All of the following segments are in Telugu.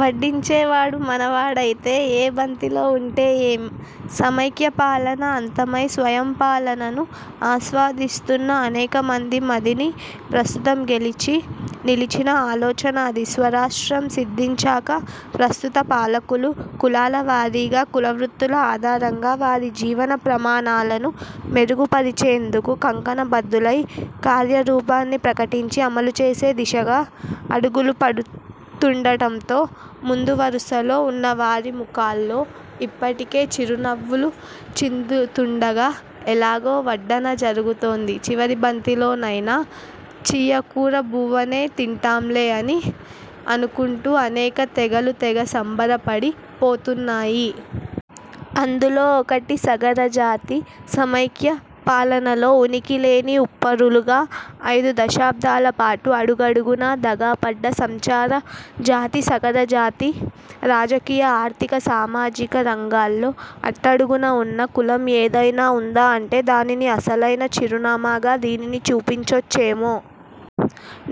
వడ్డించేవాడు మనవాడైతే, ఏ బంతిలో ఉంటే ఏం? సమైక్య పాలన అంతమై స్వయం పాలనను ఆస్వాదిస్తున్న అనేక మంది మదిని ప్రస్తుతం గెలిచి, నిలిచిన ఆలోచన అది. స్వరాష్ట్రం సిద్ధించాక ప్రస్తుత పాలకులు కులాల వారీగా, కులవృత్తుల ఆధారంగా వారి జీవన ప్రమాణాలను మెరుగు పరిచేందుకు కంకణ బద్ధులై కార్యరూపాన్ని ప్రకటించి అమలుచేసే దిశగా అడుగులు పడుతుండటంతో ముందు వరుసలో ఉన్న వారి ముఖాల్లో ఇప్పటికే చిరునవ్వులు చిందుతూండగా, 'ఎలాగో వడ్డన జరుగుతోంది, చివరి బంతిలోనైనా చియ్య కూర బువ్వనే తింటాంలే' అని అనుకుంటూ అనేక తెగలు తెగ సంబరపడి పోతున్నాయి. అందులో ఒకటి సగర జాతి. సమైక్య పాలనలో ఉనికి లేని ఉప్పరులుగా ఐదు దశాబ్ధాల పాటు అడుగడుగునా దగా పడ్డ సంచార జాతి సగర జాతి. రాజకీయ, ఆర్థిక, సామాజిక రంగాల్లో అట్టడగున ఉన్న కులం ఏదైనా ఉందా అంటే దానిని అసలైన చిరునామాగా దీనిని చూపించొచ్చేమో!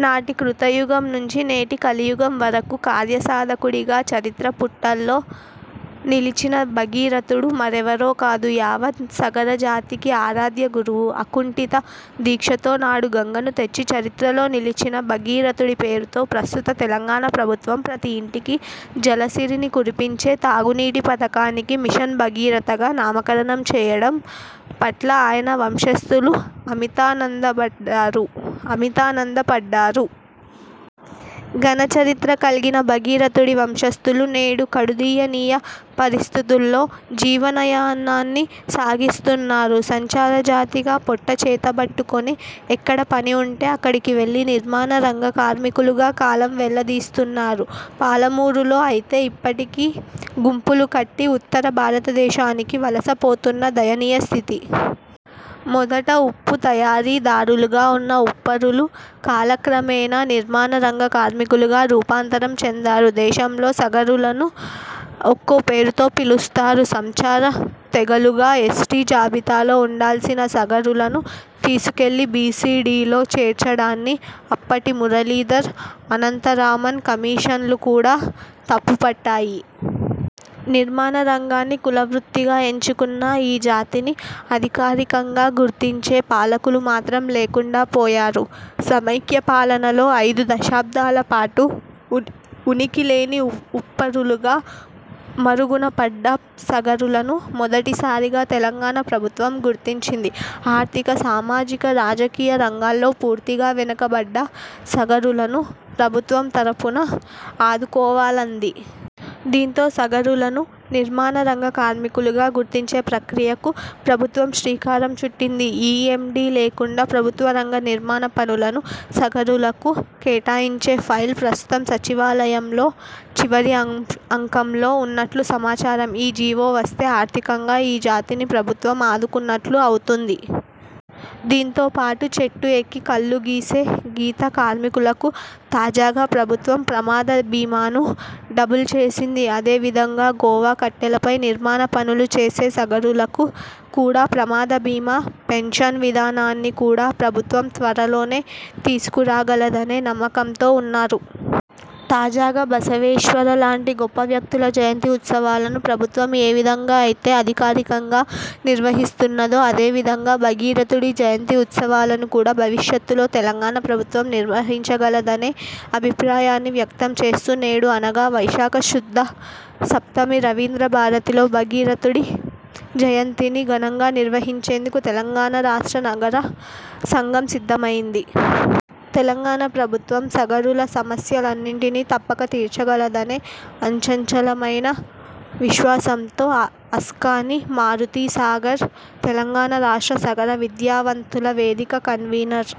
నాటి కృతయుగం నుంచి నేటి కలియుగం వరకు కార్యసాధకుడిగా చరిత్ర పుటల్లో నిలిచిన భగీరథుడు మరెవరో కాదు యావత్ సగర జాతికి ఆరాధ్య గురువు. అకుంఠిత దీక్షతో నాడు గంగను తెచ్చి చరిత్రలో నిలిచిన భగీరథుడి పేరుతో ప్రస్తుత తెలంగాణ ప్రభుత్వం ప్రతి ఇంటికి జలసిరిని కురిపించే తాగు నీటి పథకానికి మిషన్ భగీరథగా నామకరణం చేయడం పట్ల ఆయన వంశస్తులు అమితానందబడ్డారు అమితానందపడ్డారు. ఘన చరిత్ర కల్గిన భగీరథుడి వంశస్తులు నేడు కడుదీయనీయ పరిస్థితుల్లో జీవనయానాన్ని సాగిస్తున్నారు. సంచారజాతిగా పొట్ట చేతబట్టుకొని ఎక్కడ పని ఉంటే అక్కడికి వెళ్లి నిర్మాణ రంగ కార్మికులుగా కాలం వెళ్లదీస్తున్నారు. పాలమూరులో అయితే ఇప్పటికీ గుంపులు కట్టి ఉత్తర భారతదేశానికి వలస పోతున్న దయనీయస్థితి. మొదట ఉప్పు తయారీ దారులుగా ఉన్న ఉప్పరులు కాలక్రమేణా నిర్మాణ రంగ కార్మికులుగా రూపాంతరం చెందారు. దేశంలో సగరులను ఒక్కో పేరుతో పిలుస్తారు. సంచార తెగలుగా ఎస్టీ జాబితాలో ఉండాల్సిన సగరులను తీసుకెళ్లి బీసీ–డీలో చేర్చడాన్ని అప్పటి మురళీధర్, అనంతరామన్ కమిషన్లు కూడా తప్పు పట్టాయి. నిర్మాణ రంగాన్ని కులవృత్తిగా ఎంచుకున్న ఈ జాతిని అధికారికంగా గుర్తించే పాలకులు మాత్రం లేకుండా పోయారు. సమైక్య పాలనలో ఐదు దశాబ్దాల పాటు ఉనికి లేని ఉప్పరులుగా మరుగునపడ్డ సగరులను మొదటి సారిగా తెలంగాణ ప్రభుత్వం గుర్తించింది. ఆర్థిక, సామాజిక, రాజకీయ రంగాల్లో పూర్తిగా వెనుకబడ్డ సగరులను ప్రభుత్వం తరఫున ఆదుకోవాలంది. దీంతో సగరులను నిర్మాణ రంగ కార్మికులుగా గుర్తించే ప్రక్రియకు ప్రభుత్వం శ్రీకారం చుట్టింది. ఈ ఎం డీ లేకుండా ప్రభుత్వరంగ నిర్మాణ పనులను సగరులకు కేటాయించే ఫైల్ ప్రస్తుతం సచివాలయంలో చివరి అంకంలో ఉన్నట్లు సమాచారం. ఈ జీవో వస్తే ఆర్థికంగా ఈ జాతిని ప్రభుత్వం ఆదుకున్నట్లు అవుతుంది. దీంతో పాటు చెట్టు ఎక్కి కల్లు గీసే గీత కార్మికులకు తాజాగా ప్రభుత్వం ప్రమాద బీమాను డబుల్ చేసింది. అదే విధంగా గోవా కట్టెలపై నిర్మాణ పనులు చేసే సగరులకు కూడా ప్రమాద బీమా, పెన్షన్ విధానాన్ని కూడా ప్రభుత్వం త్వరలోనే తీసుకురాగలదనే నమ్మకంతో ఉన్నారు. తాజాగా బసవేశ్వర లాంటి గొప్ప వ్యక్తుల జయంతి ఉత్సవాలను ప్రభుత్వం ఏ విధంగా అయితే అధికారికంగా నిర్వహిస్తున్నదో అదేవిధంగా భగీరథుడి జయంతి ఉత్సవాలను కూడా భవిష్యత్తులో తెలంగాణ ప్రభుత్వం నిర్వహించగలదనే అభిప్రాయాన్ని వ్యక్తం చేస్తూ, నేడు అనగా వైశాఖ శుద్ధ సప్తమి రవీంద్ర భారతిలో భగరథుడి జయంతిని ఘనంగా నిర్వహించేందుకు తెలంగాణ రాష్ట్ర సగర సంఘం సిద్ధమైంది. తెలంగాణ ప్రభుత్వం సగరుల సమస్యలన్నింటినీ తప్పక తీర్చగలదనే అచంచలమైన విశ్వాసంతో అస్కాని మారుతీ సాగర్ తెలంగాణ రాష్ట్ర సగర విద్యావంతుల వేదిక కన్వీనర్